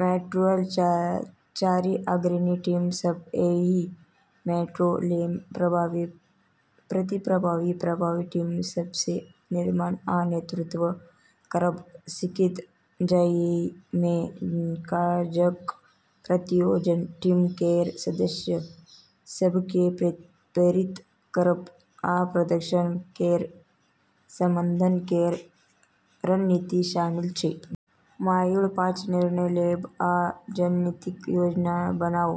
Module चारि अग्रणी team सभ: एहि मॉड्यूलमे प्रतिभागी प्रभावी टीम सभ केर निर्माण आ नेतृत्व करब सीखत, जाहिमे काजक प्रत्यायोजन, टीम केर सदस्य सभकेँ प्रेरित करब, आ प्रदर्शन केर प्रबंधन केर रणनीति शामिल छै। मॉड्यूल पाँच निर्णय लेब आ रणनीतिक योजना बनाब: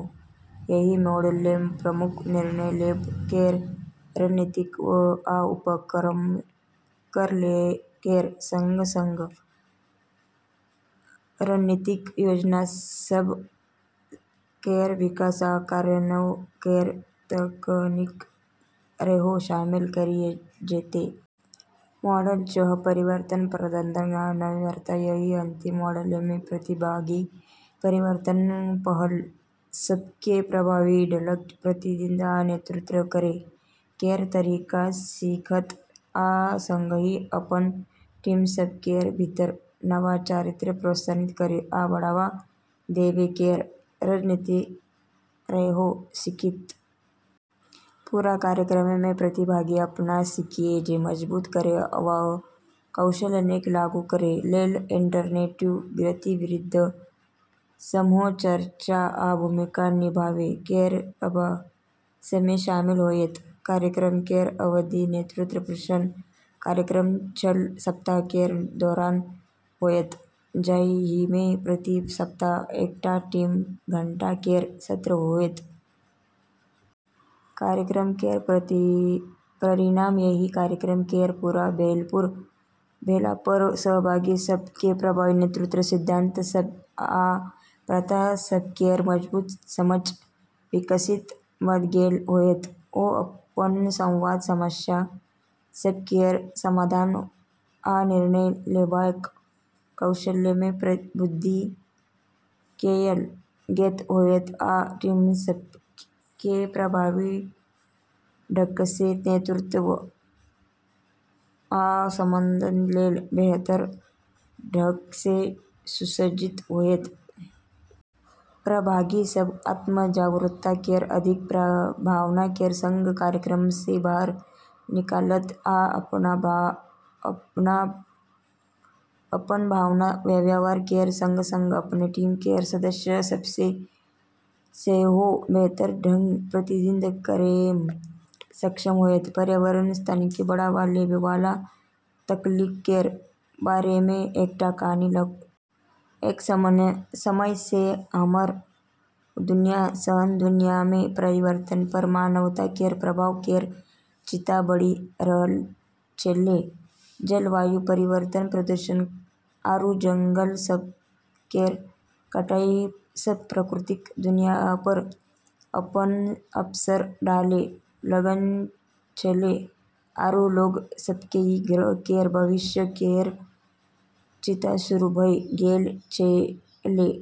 एहि मॉड्यूलमे प्रमुख निर्णय लेब केर रणनीतिक आ उपकरण सभ केर संग-संग रणनीतिक योजना सभ केर विकास आ कार्यान्वयन केर तकनीककेँ सेहो शामिल कएल जेतै। मॉड्यूल छह परिवर्तन प्रबंधन आ नवीनता: एहि अंतिम मॉड्यूलमे प्रतिभागी परिवर्तन पहल सभकेँ प्रभावी ढंगसँ प्रबंधित आ नेतृत्व करै केर तरीका सीखत, आ संगहि अपन टीम सभ केर भीतर नवाचारकेँ प्रोत्साहित करै आ बढ़ावा देबै केर रणनीति सेहो सीखत। पूरा कार्यक्रममे प्रतिभागी अपन सीखकेँ मजबूत करै आ नव कौशलकेँ लागू करै लेल इंटरैक्टिव गतिविधिसभ, समूह चर्चा, आ भूमिका निभाबै केर अभ्यासमे शामिल होयत। कार्यक्रम केर अवधि: नेतृत्व प्रशिक्षण कार्यक्रम छह सप्ताह केर दौरान होयत, जाहिमे प्रति सप्ताह एकटा तीन घंटा केर सत्र होयत। कार्यक्रम केर परिणाम: एहि कार्यक्रम केर पूरा भेलापर सहभागी सभकेँ प्रभावी नेतृत्व सिद्धांत सभ आ प्रथा सभ केर मजबूत समझ विकसित भऽ गेल होयत। ओ अपन संवाद, समस्या सभ केर समाधान, आ निर्णय लेबाक कौशलमे वृद्धि कएल गेल होयत, आ टीम सभकेँ प्रभावी ढंगसँ नेतृत्व आ प्रबंधन लेल बेहतर ढंगसँ सुसज्जित होयत। प्रतिभागी सभ आत्म-जागरूकता केर अधिक भावना केर संग कार्यक्रमसँ बाहर निकलत, आ अपन भावना आ व्यवहार केर संग-संग अपन टीम केर सदस्य सभकेँ सेहो बेहतर ढंगसँ प्रबंधित करैमे सक्षम होयत। पर्यावरण स्थायित्वकेँ बढ़ावा देबैवाला तकनीक केर बारेमे एकटा कहानी लिखू। एक समयमे हमर दुनिया एहन दुनियामे पर्यावरणपर मानवता केर प्रभाव केर चिंता बढ़ि रहल छेलै। जलवायु परिवर्तन, प्रदूषण, आरू जंगल सभ केर कटाई सब प्राकृतिक दुनियापर अपन असर डालै लगल छेलै, आरू लोग सभकेँ ई ग्रह केर भविष्य केर चिंता शुरू भऽ गेल छेलै।